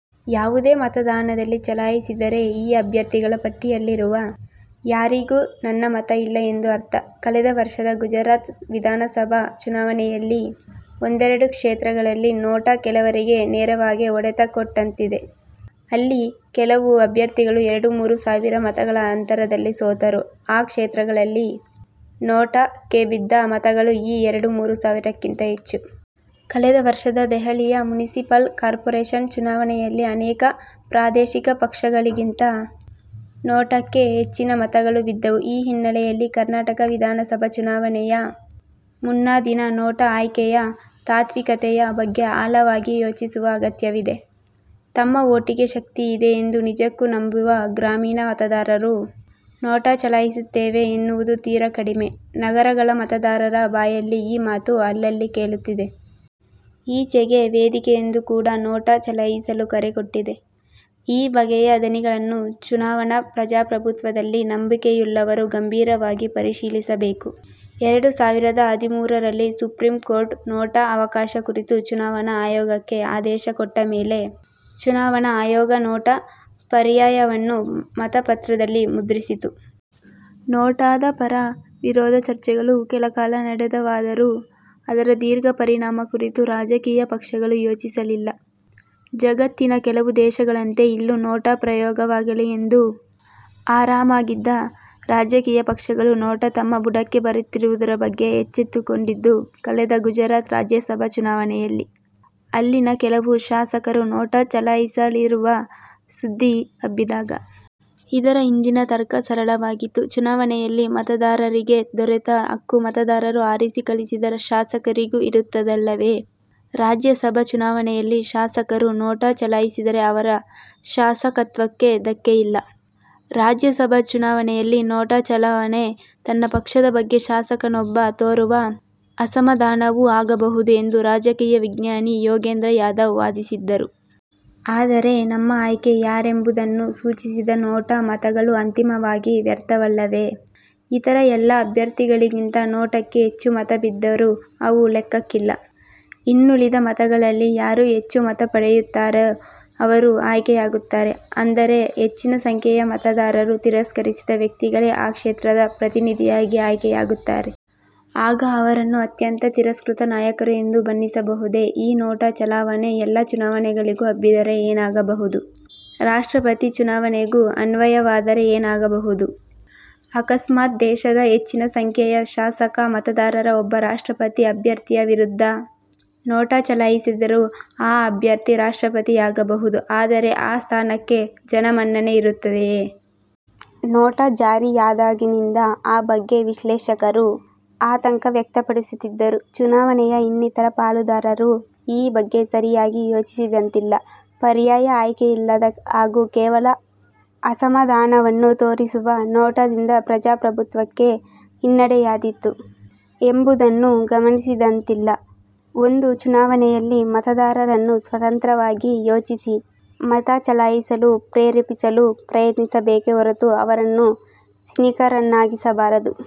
ಯಾವುದೇ ಮತದಾನದಲ್ಲಿ ಚಲಾಯಿಸಿದರೆ, 'ಈ ಅಭ್ಯರ್ಥಿಗಳ ಪಟ್ಟಿಯಲ್ಲಿರುವ ಯಾರಿಗೂ ನನ್ನ ಮತ ಇಲ್ಲ' ಎಂದು ಅರ್ಥ. ಕಳೆದ ವರ್ಷದ ಗುಜರಾತ್ ವಿಧಾನಸಭಾ ಚುನಾವಣೆಯಲ್ಲಿ ಒಂದೆರಡು ಕ್ಷೇತ್ರಗಳಲ್ಲಿ 'ನೋಟಾ' ಕೆಲವರಿಗೆ ನೇರವಾಗೇ ಹೊಡೆತ ಕೊಟ್ಟಂತಿದೆ. ಅಲ್ಲಿ ಕೆಲವು ಅಭ್ಯರ್ಥಿಗಳು ಎರಡು– ಮೂರು ಸಾವಿರ ಮತಗಳ ಅಂತರದಲ್ಲಿ ಸೋತರು; ಆ ಕ್ಷೇತ್ರಗಳಲ್ಲಿ 'ನೋಟಾ'ಕ್ಕೆ ಬಿದ್ದ ಮತಗಳು ಈ ಎರಡು– ಮೂರು ಸಾವಿರಕ್ಕಿಂತ ಹೆಚ್ಚು! ಕಳೆದ ವರ್ಷದ ದೆಹಲಿಯ ಮುನಿಸಿಪಲ್ ಕಾರ್ಪೊರೇಷನ್ ಚುನಾವಣೆಯಲ್ಲಿ ಅನೇಕ ಪ್ರಾದೇಶಿಕ ಪಕ್ಷಗಳಿಗಿಂತ 'ನೋಟಾ'ಕ್ಕೆ ಹೆಚ್ಚಿನ ಮತಗಳು ಬಿದ್ದವು. ಈ ಹಿನ್ನೆಲೆಯಲ್ಲಿ ಕರ್ನಾಟಕ ವಿಧಾನಸಭಾ ಚುನಾವಣೆಯ ಮುನ್ನಾ ದಿನ 'ನೋಟಾ' ಆಯ್ಕೆಯ ತಾತ್ವಿಕತೆಯ ಬಗ್ಗೆ ಆಳವಾಗಿ ಯೋಚಿಸುವ ಅಗತ್ಯವಿದೆ. ತಮ್ಮ ವೋಟಿಗೆ ಶಕ್ತಿಯಿದೆ ಎಂದು ನಿಜಕ್ಕೂ ನಂಬುವ ಗ್ರಾಮೀಣ ಮತದಾರರು 'ನೋಟಾ' ಚಲಾಯಿಸುತ್ತೇವೆ ಎನ್ನವುದು ತೀರಾ ಕಡಿಮೆ; ನಗರಗಳ ಮತದಾರರ ಬಾಯಲ್ಲಿ ಈ ಮಾತು ಅಲ್ಲಲ್ಲಿ ಕೇಳುತ್ತಿದೆ. ಈಚೆಗೆ ವೇದಿಕೆಯೊಂದು ಕೂಡ 'ನೋಟಾ' ಚಲಾಯಿಸಲು ಕರೆ ಕೊಟ್ಟಿದೆ. ಈ ಬಗೆಯ ದನಿಗಳನ್ನು ಚುನಾವಣಾ ಪ್ರಜಾಪ್ರಭುತ್ವದಲ್ಲಿ ನಂಬಿಕೆಯುಳ್ಳವರು ಗಂಭೀರವಾಗಿ ಪರಿಶೀಲಿಸಬೇಕು. ಎರಡು ಸಾವಿರದ ಹದಿಮೂರರಲ್ಲಿ ಸುಪ್ರೀಂ ಕೋರ್ಟು, 'ನೋಟಾ' ಅವಕಾಶ ಕುರಿತು ಚುನಾವಣಾ ಆಯೋಗಕ್ಕೆ ಆದೇಶ ಕೊಟ್ಟ ಮೇಲೆ ಚುನಾವಣಾ ಆಯೋಗ 'ನೋಟಾ' ಪರ್ಯಾಯವನ್ನು ಮತಪತ್ರದಲ್ಲಿ ಮುದ್ರಿಸಿತು. 'ನೋಟಾ'ದ ಪರ, ವಿರೋಧ ಚರ್ಚೆಗಳು ಕೆಲಕಾಲ ನಡೆದವಾದರೂ ಅದರ ದೀರ್ಘ ಪರಿಣಾಮ ಕುರಿತು ರಾಜಕೀಯ ಪಕ್ಷಗಳು ಯೋಚಿಸಲಿಲ್ಲ. ಜಗತ್ತಿನ ಕೆಲವು ದೇಶಗಳಂತೆ ಇಲ್ಲೂ 'ನೋಟಾ' ಪ್ರಯೋಗವಾಗಲಿ ಎಂದು ಆರಾಮಾಗಿದ್ದ ರಾಜಕೀಯ ಪಕ್ಷಗಳು 'ನೋಟಾ' ತಮ್ಮ ಬುಡಕ್ಕೇ ಬರುತ್ತಿರುವುದರ ಬಗ್ಗೆ ಎಚ್ಚೆತ್ತುಕೊಂಡಿದ್ದು ಕಳೆದ ಗುಜರಾತ್ ರಾಜ್ಯಸಭಾ ಚುನಾವಣೆಯಲ್ಲಿ; ಅಲ್ಲಿನ ಕೆಲವು ಶಾಸಕರು 'ನೋಟಾ' ಚಲಾಯಿಸಲಿರುವ ಸುದ್ದಿ ಹಬ್ಬಿದಾಗ. ಇದರ ಹಿಂದಿನ ತರ್ಕ ಸರಳವಾಗಿತ್ತು: ಚುನಾವಣೆಯಲ್ಲಿ ಮತದಾರರಿಗೆ ದೊರೆತ ಹಕ್ಕು, ಮತದಾರರು ಆರಿಸಿ ಕಳಿಸಿದ ಶಾಸಕರಿಗೂ ಇರುತ್ತದಲ್ಲವೇ? ರಾಜ್ಯಸಭಾ ಚುನಾವಣೆಯಲ್ಲಿ ಶಾಸಕರು 'ನೋಟಾ' ಚಲಾಯಿಸಿದರೆ ಅವರ ಶಾಸಕತ್ವಕ್ಕೆ ಧಕ್ಕೆಯಿಲ್ಲ. 'ರಾಜ್ಯಸಭಾ ಚುನಾವಣೆಯಲ್ಲಿ 'ನೋಟಾ' ಚಲಾವಣೆ ತನ್ನ ಪಕ್ಷದ ಬಗ್ಗೆ ಶಾಸಕನೊಬ್ಬ ತೋರುವ ಅಸಮಾಧಾನವೂ ಆಗಬಹುದು' ಎಂದು ರಾಜಕೀಯ ವಿಜ್ಞಾನಿ ಯೋಗೇಂದ್ರ ಯಾದವ್ ವಾದಿಸಿದ್ದರು. ಆದರೆ, ನಮ್ಮ ಆಯ್ಕೆ ಯಾರೆಂಬುದನ್ನು ಸೂಚಿಸದ 'ನೋಟಾ' ಮತಗಳು ಅಂತಿಮವಾಗಿ ವ್ಯರ್ಥವಲ್ಲವೇ? ಇತರ ಎಲ್ಲ ಅಭ್ಯರ್ಥಿಗಳಿಗಿಂತ 'ನೋಟಾ'ಕ್ಕೆ ಹೆಚ್ಚು ಮತ ಬಿದ್ದರೂ ಅವು ಲೆಕ್ಕಕ್ಕಿಲ್ಲ. ಇನ್ನುಳಿದ ಮತಗಳಲ್ಲಿ ಯಾರು ಹೆಚ್ಚು ಮತ ಪಡೆಯುತ್ತಾರೋ ಅವರು ಆಯ್ಕೆಯಾಗುತ್ತಾರೆ. ಅಂದರೆ ಹೆಚ್ಚಿನ ಸಂಖ್ಯೆಯ ಮತದಾರರು ತಿರಸ್ಕರಿಸಿದ ವ್ಯಕ್ತಿಗಳೇ ಆ ಕ್ಷೇತ್ರದ ಪ್ರತಿನಿಧಿಯಾಗಿ ಆಯ್ಕೆ ಯಾಗುತ್ತಾರೆ. ಆಗ ಅವರನ್ನು 'ಅತ್ಯಂತ ತಿರಸ್ಕೃತ ನಾಯಕರು' ಎಂದು ಬಣ್ಣಿಸಬಹುದೇ! ಈ ನೋಟಾ ಚಲಾವಣೆ ಎಲ್ಲ ಚುನಾವಣೆಗಳಿಗೂ ಹಬ್ಬಿದರೆ ಏನಾಗಬಹುದು? ರಾಷ್ಟ್ರಪತಿ ಚುನಾವಣೆಗೂ ಅನ್ವಯವಾದರೆ ಏನಾಗಬಹುದು? ಅಕಸ್ಮಾತ್ ದೇಶದ ಹೆಚ್ಚಿನ ಸಂಖ್ಯೆಯ ಶಾಸಕ ಮತದಾರರು ಒಬ್ಬ ರಾಷ್ಟ್ರಪತಿ ಅಭ್ಯರ್ಥಿಯ ವಿರುದ್ಧ 'ನೋಟಾ' ಚಲಾಯಿಸಿದರೂ ಆ ಅಭ್ಯರ್ಥಿ ರಾಷ್ಟ್ರಪತಿಯಾಗಬಹುದು; ಆದರೆ ಆ ಸ್ಥಾನಕ್ಕೆ ಜನಮನ್ನಣೆ ಇರುತ್ತದೆಯೇ? 'ನೋಟಾ' ಜಾರಿಯಾದಾಗಿನಿಂದ ಆ ಬಗ್ಗೆ ವಿಶ್ಲೇಷಕರು ಆತಂಕ ವ್ಯಕ್ತಪಡಿಸುತ್ತಿದ್ದರೂ ಚುನಾವಣೆಯ ಇನ್ನಿತರ ಪಾಲುದಾರರು ಈ ಬಗ್ಗೆ ಸರಿಯಾಗಿ ಯೋಚಿಸಿದಂತಿಲ್ಲ. ಪರ್ಯಾಯ ಆಯ್ಕೆಯಿಲ್ಲದ ಹಾಗೂ ಕೇವಲ ಅಸಮಾಧಾನವನ್ನು ತೋರಿಸುವ 'ನೋಟಾ'ದಿಂದಪ್ರಜಾಪ್ರಭುತ್ವಕ್ಕೆ ಹಿನ್ನಡೆಯಾದೀತು ಎಂಬುದನ್ನು ಗಮನಿಸಿದಂತಿಲ್ಲ. ಒಂದು ಚುನಾವಣೆಯಲ್ಲಿ ಮತದಾರರನ್ನು ಸ್ವತಂತ್ರವಾಗಿ ಯೋಚಿಸಿ ಮತ ಚಲಾಯಿಸಲು ಪ್ರೇರೇಪಿಸಲು ಪ್ರಯತ್ನಿಸಬೇಕೇ ಹೊರತು ಅವರನ್ನು ಸಿನಿಕರನ್ನಾಗಿಸಬಾರದು.